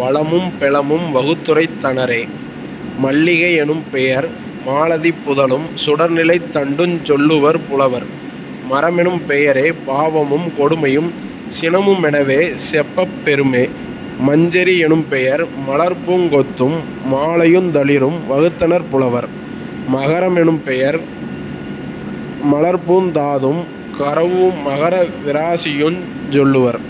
வளமும் பெலமும் வகுத்துரைத் தனரே..... மல்லிகை யெனும்பெயர் மாலதிப் புதலும் சுடர்நிலைத் தண்டுஞ் சொல்லுவர் புலவர்..... மறமெனும் பெயரே பாவமும் கொடுமையும் சினமு மெனவே செப்பப் பெறுமே..... மஞ்சரி யெனும்பெயர் மலர்ப்பூங் கொத்தும் மாலையுந் தளிரும் வகுத்தனர் புலவர்..... மகர மெனும்பெயர் மலர்ப்பூந் தாதும் கறவு மகர விராசியுஞ் சொல்லுவர்.....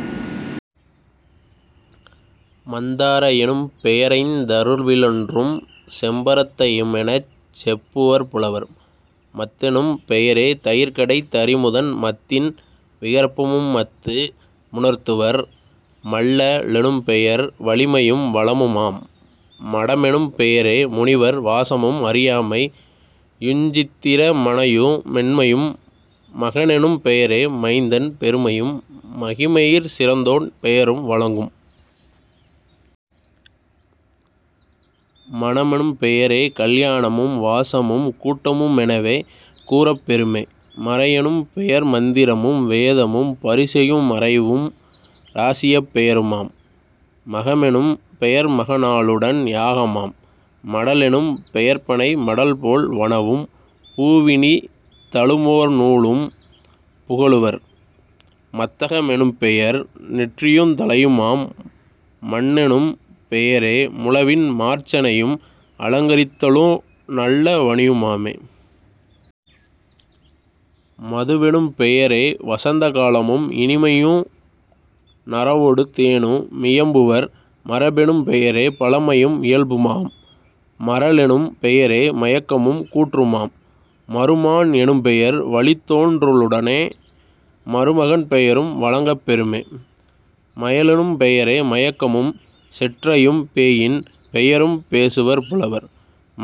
மந்தார மெனும்பெய ரைந்தரு விலொன்றும் செம்பரத் தையுமெனச் செப்புவர் புலவர்..... மத்தெனும் பெயரே தயிர்கடை தறிமுதன் மத்தின் விகற்பமு மத்து முணர்த்துவர்..... மல்ல லெனும்பெயர் வலிமையும் வளமுமாம்..... மடமெனும் பெயரே முனிவர் வாசமும் அறியாமை யுஞ்சத்திர மனையு மென்மையும்..... மகனெனும் பெயரே மைந்தன் பெருமையும் மகிமையிற் சிறந்தோன் பெயரும் வழங்கும்..... மணமெனும் பெயரே கல்யாணமும் வாசமும் கூட்டமு மெனவே கூறப் பெறுமே..... மறையெனும் பெயர்மந் திரமும் வேதமும் பரிசையு மறைவும் ராசியப் பெயருமாம்..... மகமெனும் பெயர்மக நாளுடன் யாகமாம்..... மடலெனும் பெயர்பனை மடல்போல் வனவும் பூவி னிதழு மோர்நூலும் புகலுவர்..... மத்தக மெனும்பெயர் நெற்றியுந் தலையுமாம்..... மண்ணெனும் பெயரே முழவின் மார்ச்சனையும் அலங்கரித்தலு நல்ல வனியு மாமே..... மதுவெனும் பெயரே வசந்த காலமும் இனிமையு நறவொடு தேனு மியம்புவர்..... மரபெனும் பெயரே பழமையும் இயல்புமாம்..... மறலெனும் பெயரே மயக்கமும் கூற்றுமாம்..... மருமான் எனும்பெயர் வழித்தோன் றலுடனே மருமகன் பெயரும் வழங்கப் பெறுமே..... மயலெனும் பெயரே மயக்கமும் செற்றையும் பேயின் பெயரும் பேசுவர் புலவர்.....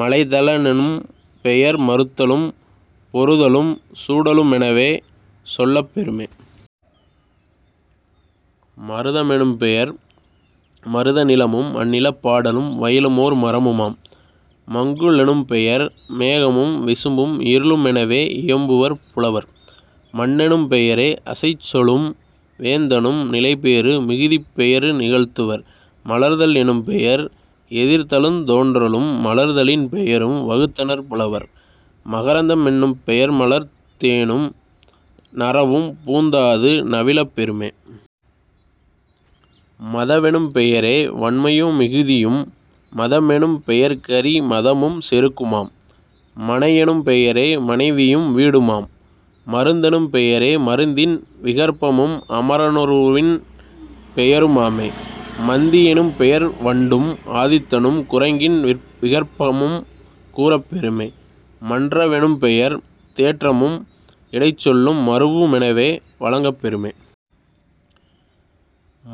மலைத லெனும்பெயர் மறுத்தலும் பொருதலும் சூடலு மெனவே சொல்லப் பெறுமே..... மருத மெனும்பெயர் மருத நிலமும் அந்நிலப் பாடலும் வயலுமோர் மரமுமாம்..... மங்கு லெனும்பெயர் மேகமும் விசும்பும் இருளு மெனவே இயம்புவர் புலவர்..... மன்னெனும் பெயரே அசைச்சொலும் வேந்தனும் நிலைபேறு மிகுதிப் பெயரு நிகழ்த்துவர்..... மலர்தல் எனும்பெயர் எதிர்தலுந் தோன்றலும் மலர்தலின் பெயரும் வகுத்தனர் புலவர்..... மகரந்த மென்னும் பெயர்மலர்த் தேனும் நறவும் பூந்தாது நவிலப் பெறுமே..... மதவெனும் பெயரே வன்மையு மிகுதியும்..... மதமெனும் பெயர்கரி மதமும் செருக்குமாம்..... மனையெனும் பெயரே மனைவியும் வீடுமாம்..... மருந்தெனும் பெயரே மருந்தின் விகற்பமும் அமர ருணவின் பெயரு மாமே..... மந்தி யெனும்பெயர் வண்டும் ஆதித்தனும் குரங்கின் விகற்பமும் கூறப் பெறுமே..... மன்ற வெனும்பெயர் தேற்றமும் இடைச்சொலும் மருவு மெனவே வழங்கப் பெறுமே.....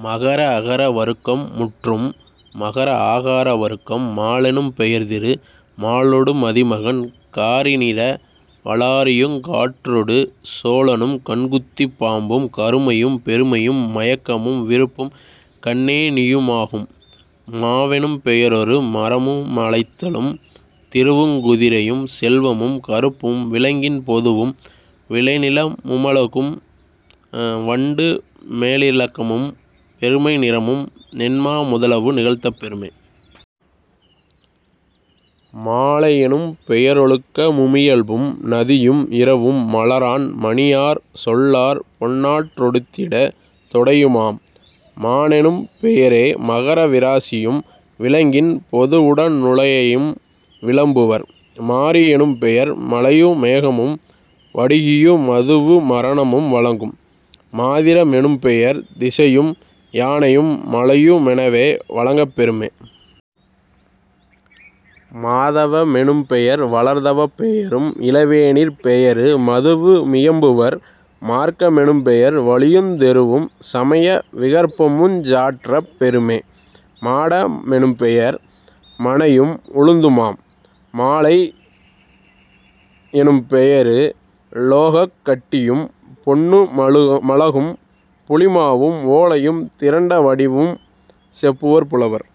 மகர அகர வருக்கம் முற்றும். மகர ஆகார வருக்கம் மாலெனும் பெயர்திரு மாலொடு மதிமகன் காரிநிற வலாரியுங் காற்றொடு சோழனும் கண்குத்திப் பாம்பும் கருமையும் பெருமையும் மயக்கமும் விருப்பும் கண்ணே ணியுமாகும்..... மாவெனும் பெயரொரு மரமு மழைத்தலும் திருவுங் குதிரையும் செல்வமும் கறுப்பும் விலங்கின் பொதுவும் விளைநிலமு மழகும் வண்டு மோரிலக்கமும் பெருமை நிறமும் நென்மா முதலவு நிகழ்த்தப் பெறுமே..... மாலை யெனும்பெய ரொழுக்கமு மியல்பும் நதியும் இரவும் மலரான் மணியாற் சொல்லாற் பொன்னாற் றொடுத்திடு தொடையுமாம்.... மானெனும் பெயரே மகர விராசியும் விலங்கின் பொதுவுட னுழையையும் விளம்புவர்..... மாரி யெனும்பெயர் மழையு மேகமும் வடுகியு மதுவு மரணமும் வழங்கும்..... மாதிர மெனும்பெயர் திசையும் யானையும் மலையு மெனவே வழங்கப் பெறுமே..... மாதவ மெனும்பெயர் வளர்தவப் பெயரும் இளவேனிற் பெயரு மதுவு மியம்புவர்..... மார்க்க மெனும்பெயர் வழியுந் தெருவும் சமைய விகற்பமுஞ் சாற்றப் பெறுமே..... மாட மெனும்பெயர் மனையும் உழுந்துமாம்..... மாழை யெனும்பெயரு லோகக் கட்டியும் பொன்னு மழகும் புளிமாவும் ஓலையும் திரண்ட வடிவும் செப்புவர் புலவர்.